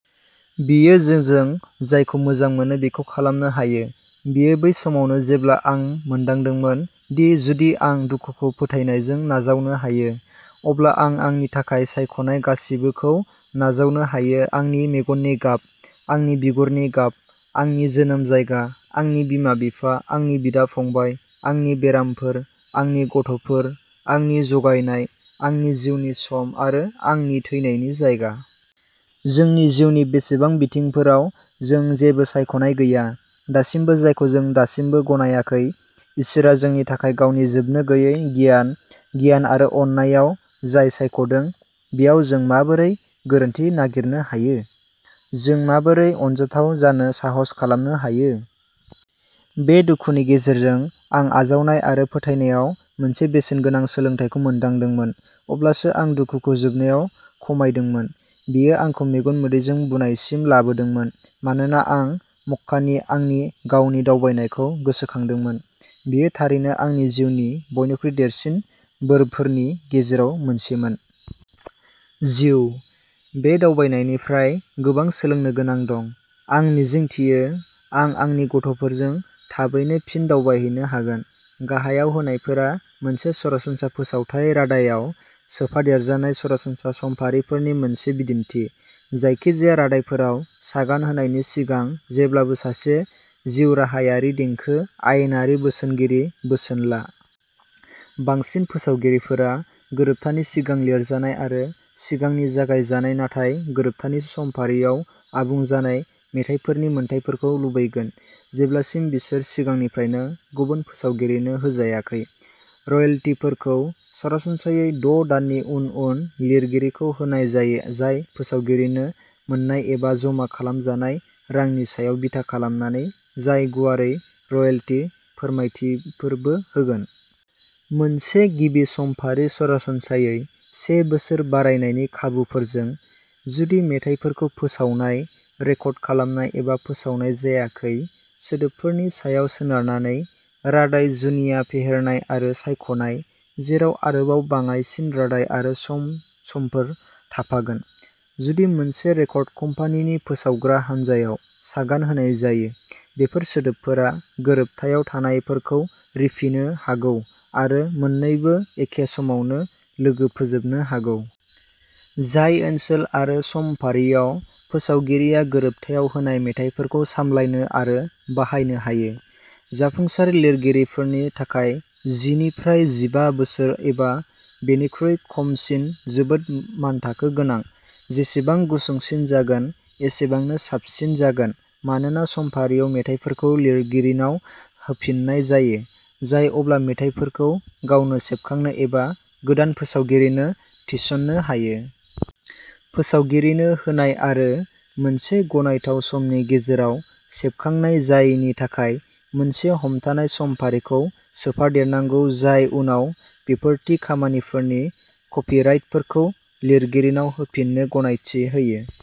बियो जोंजों जायखौ मोजां मोनो बेखौ खालामनो हायो। बेयो बै समावनो जेब्ला आं मोनदांदोंमोन दि जुदि आं दुखुखौ फोथायनायजों नाजावनो हायो, अब्ला आं आंनि थाखाय सायख'नाय गासिबोखौ नाजावनो हायो आंनि मेगननि गाब, आंनि बिगुरनि गाब, आंनि जोनोम जायगा, आंनि बिमा-बिफा, आंनि बिदा-फंबाय, आंनि बेरामफोर, आंनि गथ'फोर, आंनि जगायनाय, आंनि जिउनि सम आरो आंनि थैनायनि जायगा। जोंनि जिउनि बेसेबां बिथिंफोराव जों जेबो सायख'नाय गैया, दासिमबो जायखौ जों दासिमबो गनायाखै इसोरआ जोंनि थाखाय गावनि जोबनोगैयै गियान, गियान आरो अननायाव जाय सायख'दों बेयाव जों माबोरै गोरोन्थि नागिरनो हायो? जों माबोरै अनजाथाव जानो साहस खालामनो हायो? बे दुखुनि गेजेरजों आं आजावनाय आरो फोथायनायाव मोनसे बेसेनगोनां सोलोंथायखौ मोनदांदोंमोन। अब्लासो आं दुखुखौ जोबनायाव खमायदोंमोन। बेयो आंखौ मेगन मोदैजों बुनायसिम लाबोदोंमोन मानोना आं मक्कानि आंनि गावनि दावबायनायखौ गोसोखांदोंमोन। बेयो थारैनो आंनि जिउनि बयनिख्रुइ देरसिन बोरफोरनि गेजेराव मोनसेमोन। जिउ। बे दावबायनायनिफ्राय गोबां सोलोंनो गोनां दं। आं मिजिंथियो आं आंनि गथ'फोरजों थाबैनो फिन दावबायहैनो हागोन। गाहायाव होनायफोरा मोनसे सरासनस्रा फोसावथाय रादायआव सोफादेरजानाय सरासनस्रा समफारिफोरनि मोनसे बिदिन्थि, जायखिजाया रादायफोराव सागान होनायनि सिगां जेब्लाबो सासे जिउराहायारि देंखो आयेनारि बोसोनगिरि बोसोन ला। बांसिन फोसावगिरिफोरा गोरोबथानि सिगां लिरजानाय आरो सिगांनि जागाय जानाय नाथाय गोरोबथानि समफारियाव आबुं जानाय मेथाइफोरनि मोनथायफोरखौ लुबैगोन, जेब्लासिम बिसोर सिगांनिफ्रायनो गुबुन फोसावगिरिनो होजायाखै। रयेल्टिफोरखौ सरासनस्रायै द' दाननि उन उन लिरगिरिखौ होनाय जायो जाय फोसावगिरिनो मोन्नाय एबा जमा खालामजानाय रांनि सायाव बिथा खालामनानै जाय गुवारै रयेल्टि फोरमायथिफोरबो होगोन। मोनसे गिबि समफारि सरासनस्रायै से बोसोर बारायनायनि खाबुफोरजों, जुदि मेथाइफोरखौ फोसावनाय, रेकर्ड खालामनाय एबा फोसावनाय जायाखै, सोदोबफोरनि सायाव सोनारनानै। रादाय जुनिया फेहेरनाय आरो सायख'नाय जेराव आरोबाव बाङाइसिन रादाय आरो सम समफोर थाफागोन। जुदि मोनसे रेकर्ड कम्पानिनि फोसावग्रा हान्जायाव सागान होनाय जायो, बेफोर सोदोबफोरा गोरोबथायाव थानायफोरखौ रिफिनो हागौ आरो मोननैबो एखे समावनो लोगो फोजोबनो हागौ। जाय ओनसोल आरो समफारियाव फोसावगिरिया गोरोबथायाव होनाय मेथाइफोरखौ सामलायनो आरो बाहायनो हायो। जाफुंसार लिरगिरिफोरनि थाखाय जि निफ्राय जिबा बोसोर एबा बेनिख्रुइ खमसिन जोबोद मानथाखो गोनां, जेसेबां गुसुंसिन जागोन एसेबांनो साबसिन जागोन मानोना समफारियाव मेथाइफोरखौ लिरगिरिनाव होफिननाय जायो, जाय अब्ला मेथाइफोरखौ गावनो सेबखांनो एबा गोदान फोसावगिरिनो थिसन्नो हायो। फोसावगिरिनो होनाय आरो मोनसे गनायथाव समनि गेजेराव सेबखांनाय जायैनि थाखाय मोनसे हमथानाय समफारिखौ सोफादेरनांगौ जाय उनाव बेफोर थि खामानिफोरनि कपिराइटफोरखौ लिरगिरिनाव होफिन्नो गनायथि होयो।